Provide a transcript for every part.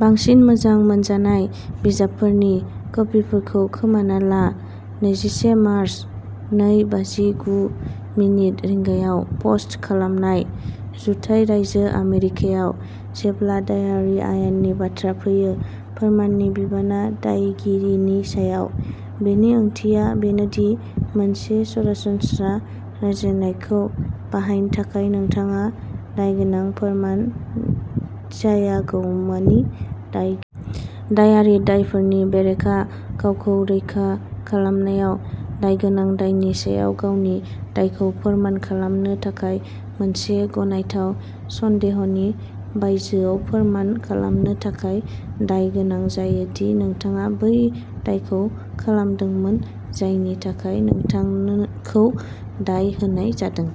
बांसिन मोजां मोनजानाय बिजाबफोरनि कपिफोरखौ खोमाना ला। नैजिसे मार्च, नै बाजि गु मिनिट रिंगायाव पस्ट खालामनाय। जुथाइ रायजो आमेरिकायाव, जेब्ला दायारि आयेननि बाथ्रा फैयो, फोरमाननि बिबाना दायगिरिनि सायाव। बेनि ओंथिया बेनोदि, मोनसे सरासनस्रा रायज्लायनायखौ बाहायनो थाखाय नोंथाङा दायगोनां फोरमान जायागौमानि दाय दायारि दायफोरनि बेरेखा गावखौ रैखा खालामनायाव, दायगोनां दायनि सायाव गावनि दायखौ फोरमान खालामनो थाखाय मोनसे गनायथाव सन्देहनि बायजोआव फोरमान खालामनो थाखाय दाय गोनां जायो दि, नोंथाङा बै दायखौ खालामदोंमोन जायनि थाखाय नोंथांखौ दाय होनाय जादों।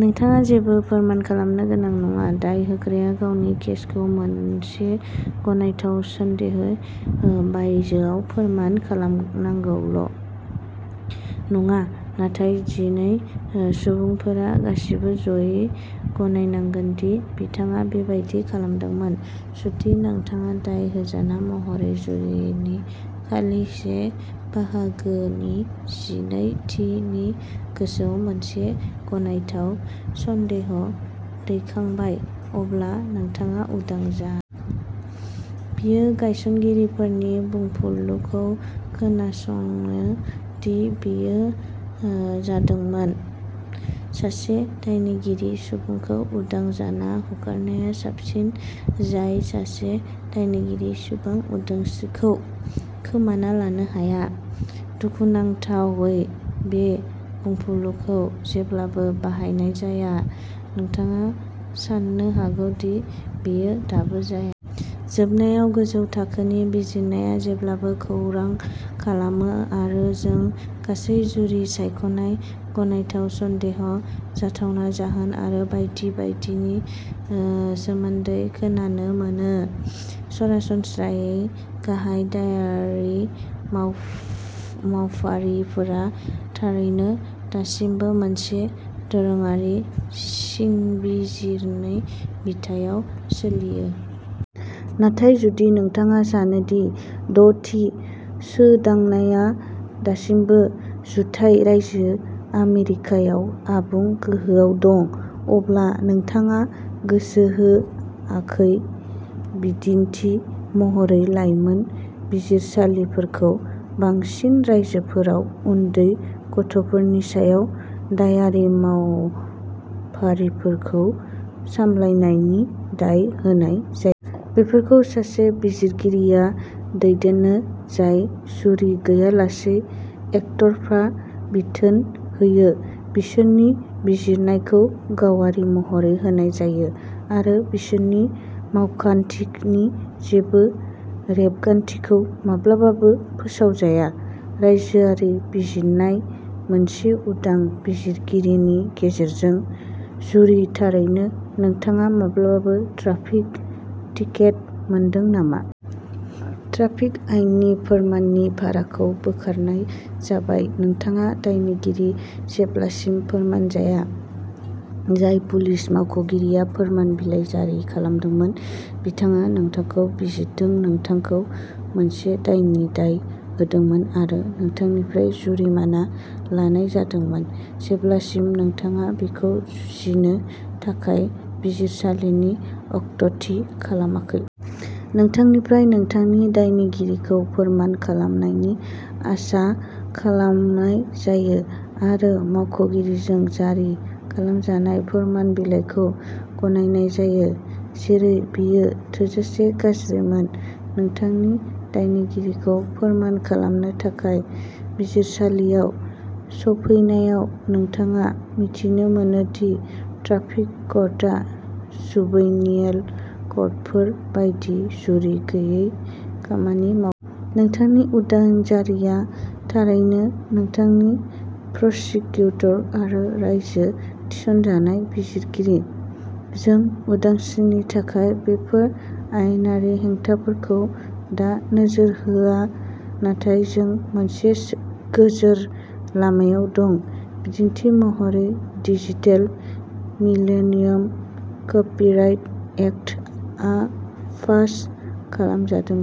नोंथाङा जेबो फोरमान खालामनो गोनां नङा। दाय होग्राया गावनि केसखौ मोनसे गनायथाव सन्देहनो बायजोआव फोरमान खालामनांगौल' नङा। नाथाय जिनै ओ सुबुंफोरा गासिबो ज'यै गनायनांगोन दि बिथाङा बेबादि खालामदोंमोन। जुदि नोंथाङा दाय होजाना महरै, जुरिनि खालि से बाहागोनि जिनैथिनि गोजौ मोनसे गनायथाव सन्देह दैखांबाय, अब्ला नोंथाङा उदां जा। बेयो गायसनगिरिफोरनि बुंफुरलुखौ खोनासंनो दि बेयो ओ जादोंमोन। सासे दायनिगिरि सुबुंखौ उदां जाना हगारनाया साबसिन। जाय सासे दायनिगिरि सुबुं उदांस्रिखौ खोमाना लानो हाया। दुखुनांथावै, बे बुंफुरलुखौ जेब्लाबो बाहायनाय जाया। नोंथाङा साननो हागौ दि बेयो दाबो जाया। जोबनायाव, गोजौ थाखोनि बिजिरनाया जेब्लाबो खौरां खालामो आरो जों गासै जुरि सायख'नाय गनायथाव सन्देह जाथावना जाहोन आरो बायदि बायदिनि ओ सोमोन्दै खोनानो मोनो। सरासनस्रायै, गाहाय दायारि मावफ-मावफारिफोरा थारैनो दासिमबो मोनसे दोरोङारि, सिंबिजिरनि बिथायाव सोलियो। नाथाय जुदि नोंथाङा सानो दि द'थि सोदांनायआ दासिमबो जुथाइ रायजो आमेरिकायाव आबुं गोहोआव दं अब्ला नोंथाङा गोसो होआखै। बिदिन्थि महरै लाइमोन बिजिरसालिफोरखौ बांसिन रायजोफोराव उन्दै गथ'फोरनि सायाव दायारि मावफारिफोरखौ सामलायनायनि दाय होनाय जाय बेफोरखौ सासे बिजिरगिरिया दैदेनो जाय जुरि गैयालासे एकतरफा बिथोन होयो। बिसोरनि बिजिरनायखौ गावारि महरै होनाय जायो आरो बिसोरनि मावखान्थिनि जेबो रेबगान्थिखौ माब्लाबाबो फोसावजाया। रायजोआरि बिजिरनाय, मोनसे उदां बिजिरगिरिनि गेजेरजों। जुरि थारैनो, नोंथाङा माब्लाबाबो ट्राफिक टिकेट मोनदों नामा? ट्राफिक आयेननि फोरमाननि भाराखौ बोखारनाय जाबाय नोंथाङा दायनिगिरि, जेब्लासिम फोरमान जाया। जाय पुलिस मावख'गिरिया फोरमान बिलाइ जारि खालामदोंमोन। बिथाङा नोंथांखौ बिजिरदों नोंथांखौ मोनसे दायनि दाय होदोंमोन आरो नोंथांनिफ्राय जुरिमाना लानाय जादोंमोन। जेब्लासिम नोंथाङा बेखौ जुजिनो थाखाय बिजिरसालिनि अक्ट'थि खालामाखै। नोंथांनिफ्राय नोंथांनि दायनिगिरिखौ फोरमान खालामनायनि आसा खालामनाय जायो आरो मावख'गिरिजों जारि खालामजानाय फोरमान बिलाइखौ गनायनाय जायो। जेरै बेयो थोजासे गाज्रिमोन, नोंथांनि दायनिगिरिखौ फोरमान खालामनो थाखाय बिजिरसालियाव सौफैनायाव नोंथाङा मिथिनो मोनो दि ट्राफिक कर्टआ जुवेनियेल कर्टफोर बायदि जुरि गैयै खामानि माव नोंथांनि उदां जारिआ थारैनो नोंथांनि प्रसिकिउटर आरो रायजो थिसनजानाय बिजिरगिरि। जों उदांस्रिनि थाखाय बेफोर आयेनारि हेंथाफोरखौ दा नोजोर होआ। नाथाय जों मोनसे सो गोजोर लामायाव दं। बिदिन्थि महरै डिजिटेल मिलेनियाम कपिराइट एक्टआ पास खालामजादों।